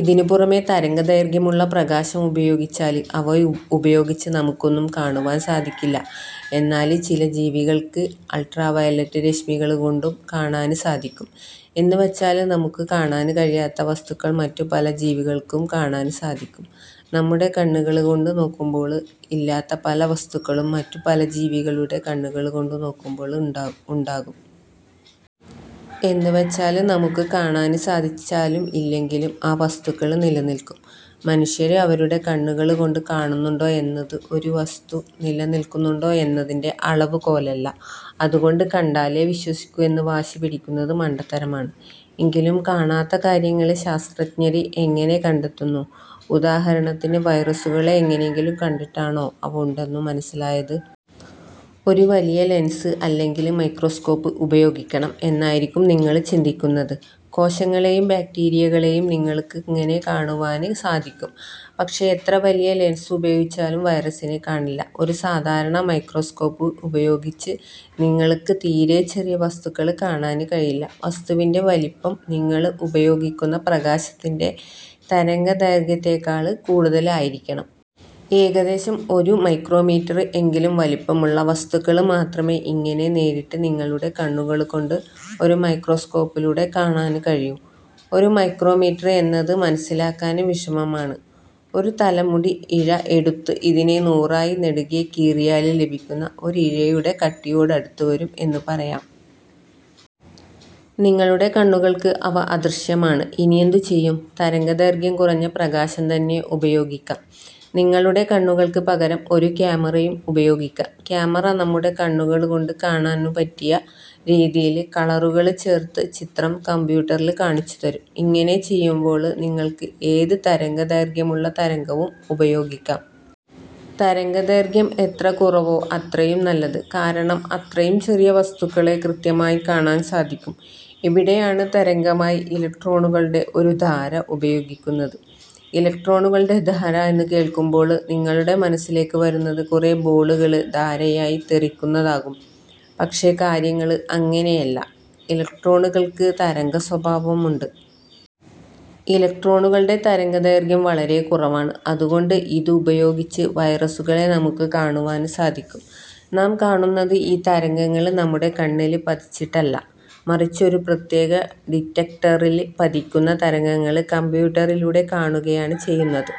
ഇതിനു പുറമെ തരംഗദൈര്ഘ്യമുള്ള പ്രകാശം ഉപയോഗിച്ചാല് അവ ഉപയോഗിച്ച് നമുക്കൊന്നും കാണുവാന് സാധിക്കില്ല. എന്നാല് ചില ജീവികള്ക്ക് അള്ട്രാവയലറ്റ് രശ്മികള്കൊണ്ടും കാണാന് സാധിക്കും. എന്നുവച്ചാല് നമുക്ക് കാണാന് കഴിയാത്ത വസ്തുക്കള് മറ്റു പല ജീവികള്ക്കും കാണാന് സാധിക്കും. നമ്മുടെ കണ്ണുകള്കൊണ്ട് നോക്കുമ്പോള് ഇല്ലാത്ത പല വസ്തുക്കളും മറ്റു പല ജീവികളുടെ കണ്ണുകള്കൊണ്ട് നോക്കുമ്പോള് ഉണ്ടാകും. എന്നുവച്ചാല് നമുക്ക് കാണാന് സാധിച്ചാലും ഇല്ലെങ്കിലും ആ വസ്തുക്കള് നിലനില്ക്കും. മനുഷ്യര് അവരുടെ കണ്ണുകള്കൊണ്ട് കാണുന്നുണ്ടോ എന്നത് ഒരു വസ്തു നിലനില്ക്കുന്നുണ്ടോ എന്നതിന്റെ അളവുകോലല്ല. അതുകൊണ്ട് കണ്ടാലേ വിശ്വസിക്കൂ എന്ന് വാശിപിടിക്കുന്നത് മണ്ടത്തരമാണ്. എങ്കിലും കാണാത്ത കാര്യങ്ങള് ശാസ്ത്രഞ്ജര് എങ്ങനെ കണ്ടെത്തുന്നു. ഉദാഹരണത്തിന് വൈറസുകളെ എങ്ങനെയെങ്കിലും കണ്ടിട്ടാണോ അവ ഉണ്ടെന്നു മനസിലായത്. ഒരു വലിയ ലെന്സ് അല്ലെങ്കില് മൈക്രോസ്കോപ്പ് ഉപയോഗിക്കണം എന്നായിരിക്കും നിങ്ങള് ചിന്തിക്കുന്നത്. കോശങ്ങളെയും ബാക്റ്റീരിയകളെയും നിങ്ങള്ക്ക് ഇങ്ങനെ കാണുവാന് സാധിക്കും. പക്ഷേ എത്ര വലിയ ലെന്സ് ഉപയോഗിച്ചാലും വൈറസിനെ കാണില്ല. ഒരു സാധാരണ മൈക്രോസ്കോപ്പ് ഉപയോഗിച്ച് നിങ്ങള്ക്ക് തീരെ ചെറിയ വസ്തുക്കള് കാണാന് കഴിയില്ല. വസ്തുവിന്റെ വലിപ്പം നിങ്ങള് ഉപയോഗിക്കുന്ന പ്രകാശത്തിന്റെ തരംഗദൈര്ഘ്യത്തേക്കാള് കൂടുതല് ആയിരിക്കണം. ഏകദേശം ഒരു മൈക്രോമീറ്റര് എങ്കിലും വലിപ്പമുള്ള വസ്തുക്കള് മാത്രമേ ഇങ്ങനെ നേരിട്ട് നിങ്ങളുടെ കണ്ണുകള് കൊണ്ട് ഒരു മൈക്രോസ്കോപ്പിലൂടെ കാണാന് കഴിയൂ. ഒരു മൈക്രോമീറ്റര് എന്നത് മനസിലാക്കാന് വിഷമമാണ്. ഒരു തലമുടി ഇഴ എടുത്തു ഇതിനെ നൂറായി നെടുകെ കീറിയാല് ലഭിക്കുന്ന ഒരു ഇഴയുടെ കട്ടിയോട് അടുത്തുവരും എന്ന് പറയാം. നിങ്ങളുടെ കണ്ണുകള്ക്ക് അവ അദൃശ്യമാണ്. ഇനിയെന്തു ചെയ്യും. തരംഗദൈര്ഘ്യം കുറഞ്ഞ പ്രകാശം തന്നെ ഉപയോഗിക്കാം. നിങ്ങളുടെ കണ്ണുകള്ക്ക് പകരം ഒരു ക്യാമറയും ഉപയോഗിക്കാം. ക്യാമറ, നമ്മുടെ കണ്ണുകള് കൊണ്ട് കാണാന് പറ്റിയ രീതിയില് കളറുകള് ചേര്ത്ത് ചിത്രം കമ്പ്യൂട്ടറില് കാണിച്ചുതരും. ഇങ്ങനെ ചെയ്യുമ്പോള് നിങ്ങള്ക്ക് ഏത് തരംഗ ദൈര്ഘ്യമുള്ള തരംഗവും ഉപയോഗിക്കാം. തരംഗദൈര്ഘ്യം എത്ര കുറവോ അത്രയും നല്ലത്. കാരണം അത്രയും ചെറിയ വസ്തുക്കളെ കൃത്യമായി കാണാന് സാധിക്കും. ഇവിടെയാണ് തരംഗമായി ഇലക്ട്രോണുകളുടെ ഒരു ധാര ഉപയോഗിക്കുന്നത്. ഇലക്ട്രോണുകളുടെ ധാര എന്നുകേള്ക്കുമ്പോള് നിങ്ങളുടെ മനസിലേക്ക് വരുന്നത് കുറെ ബോളുകള് ധാരയായി തെറിക്കുന്നതാകും. പക്ഷെ കാര്യങ്ങള് അങ്ങനെയല്ല. ഇലക്ട്രോണുകള്ക്ക് തരംഗ സ്വഭാവമുണ്ട്. ഇലക്ട്രോണുകളുടെ തരംഗദൈര്ഘ്യം വളരെ കുറവാണ്. അതുകൊണ്ട് ഇതുപയോഗിച്ച് വൈറസുകളെ നമുക്ക് കാണുവാന് സാധിക്കും. നാം കാണുന്നത് ഈ തരംഗങ്ങള് നമ്മുടെ കണ്ണില് പതിച്ചിട്ടല്ല. മറിച്ചു ഒരു പ്രത്യേക ഡിറ്റക്ടറില് പതിക്കുന്ന തരംഗങ്ങള് കമ്പ്യൂട്ടറിലൂടെ കാണുകയാണ് ചെയ്യുന്നത്.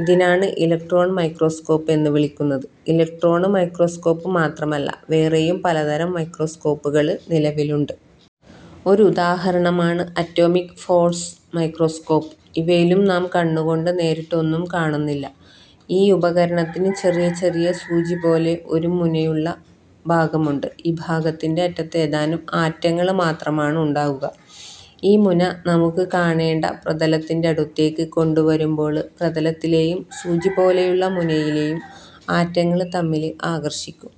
ഇതിനാണ് ഇലക്ട്രോണ് മൈക്രോസ്കോപ് എന്നുവിളിക്കുന്നത്. ഇലക്ട്രോണ് മൈക്രോസ്കോപ്പ് മാത്രമല്ല വേറെയും പലതരം മൈക്രൊസ്കൊപ്പുകള് നിലവിലുണ്ട്. ഒരു ഉദാഹരണമാണ് അറ്റോമിക് ഫോര്സ് മൈക്രോസ്കോപ്പ്. ഇവയിലും നാം കണ്ണുകൊണ്ട് നേരിട്ട് ഒന്നും കാണുന്നില്ല. ഈ ഉപകരണത്തിന് ചെറിയ ചെറിയ സൂചിപോലെ ഒരു മുനയുള്ള ഭാഗമുണ്ട്. ഈ ഭാഗത്തിന്റെ അറ്റത്തു ഏതാനും ആറ്റങ്ങള് മാത്രമാണ് ഉണ്ടാകുക. ഈ മുന നമുക്ക് 'കാണേണ്ട' പ്രതലത്തിന്റെ അടുത്തേക്ക് കൊണ്ടുവരുമ്പോള് പ്രതലത്തിലെയും, സൂചി പോലെയുള്ള മുനയിലെയും ആറ്റങ്ങള് തമ്മില് ആകര്ഷിക്കും.